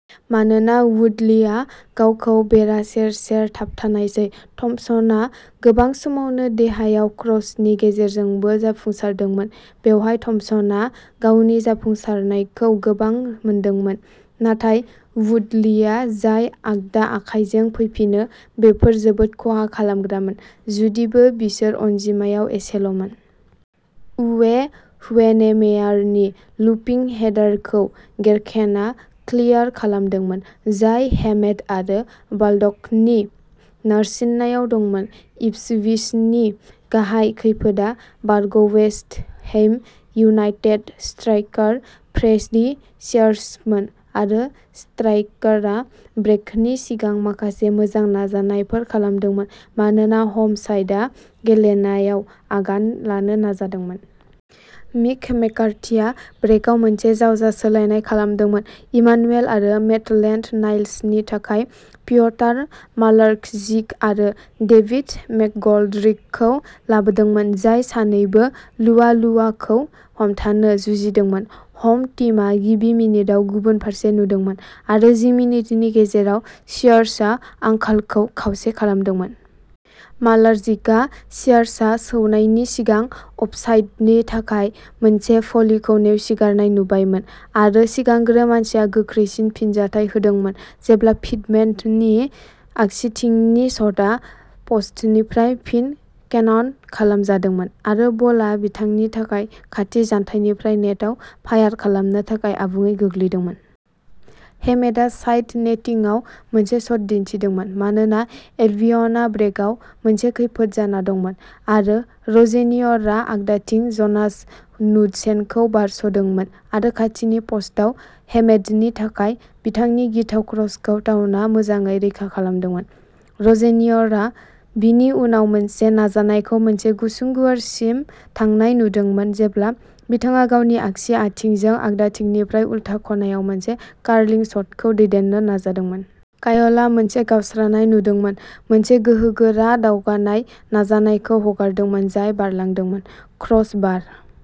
मानोना वुडलीया गावखौ बेरा सेर-सेर थाबथानायसै, थम्पसनआ गोबां समावनो देहायाव क्रसनि गेजेरजोंबो जाफुंसारदोंमोन। बेवहाय थम्पसनआ गावनि जाफुंसारनायखौ गोबां मोनदोंमोन, नाथाय वुडलीआ जाय आगदा आखाइजों फैफिनो, बेफोर जोबोद खहा खालामग्रामोन, जुदिबो बिसोर अनजिमायाव एसेल'मोन। उवे हुएनेमेयरनि लुपिं हेडारखौ गेरकेनआ क्लियार खालामदोंमोन, जाय हेमेड आरो बाल्डकनि नारसिननायाव दंमोन। इप्सविचनि गाहाय खैफोदआ बारग'वेस्ट हैम इउनाइटेड स्ट्राइकार फ्रेडी सियार्समोन, आरो स्ट्राइकारआ ब्रेकनि सिगां माखासे मोजां नाजानायफोर खालामदोंमोन मानोना ह'म साइडआ गेलेनायाव आगान लानो नाजादोंमोन। मिक मैककार्थिआ ब्रेकआव मोनसे जावजा सोलायनाय खालामदोंमोन, इमानुएल आरो मैटलेन्ड-नाइल्सनि थाखाय पिय'टर मालार्कजिक आरो डेविड मैकग'ल्ड्रिकखौ लाबोदोंमोन, जाय सानैबो लुआलुआखौ हमथानो जुजिदोंमोन। ह'म टीमआ गिबि मिनिटआव गुबुन फारसे नुदोंमोन-आरो जि मिनिटनि गेजेराव सियार्सआ आंखालखौ खावसे खालामदोंमोन। मालारजिकआ सियार्सआ सौनायनि सिगां अफसाइडनि थाखाय मोनसे भलिखौ नेवसिगारनाय नुबायमोन, आरो सिगांग्रो मानसिया गोख्रैसिन फिनजाथाय होदोंमोन जेब्ला पिटमेननि आगसिथिंनि शटआ प'स्टनिफ्राय फिन केनन खालामजादोंमोन, आरो बलआ बिथांनि थाखाय खाथि जानथायनिफ्राय नेटआव फायार खालामनो थाखाय आबुङै गोग्लैदोंमोन। हेमेडआ साइड नेटिंआव मोनसे शट दिन्थिदोंमोन, मानोना एल्बियनआ ब्रेकआव मोनसे खैफोद जाना दंमोन; आरो र'जेनिय'रआ आगदाथिं ज'नास नुडसेनखौ बारस'दोंमोन आरो खाथिनि प'स्टआव हेमेडनि थाखाय बिथांनि गिथाव क्रसखौ टाउनआ मोजाङै रैखा खालामदोंमोन। र'जेनिय'रआ बिनि उनाव मोनसे नाजानायखौ मोनसे गुसुं गुवारसिम थांनाय नुदोंमोन जेब्ला बिथाङा गावनि आगसि आथिंजों आगदाथिंनिफ्राय उलथा खनायाव मोनसे कार्लिं शटखौ दैदेननो नाजादोंमोन। कायलआ मोनसे गावस्रानाय नुदोंमोन, मोनसे गोहोगोरा, दावगानाय नाजानायखौ हगारदोंमोन जाय बारलांदोंमोन। क्रस बार।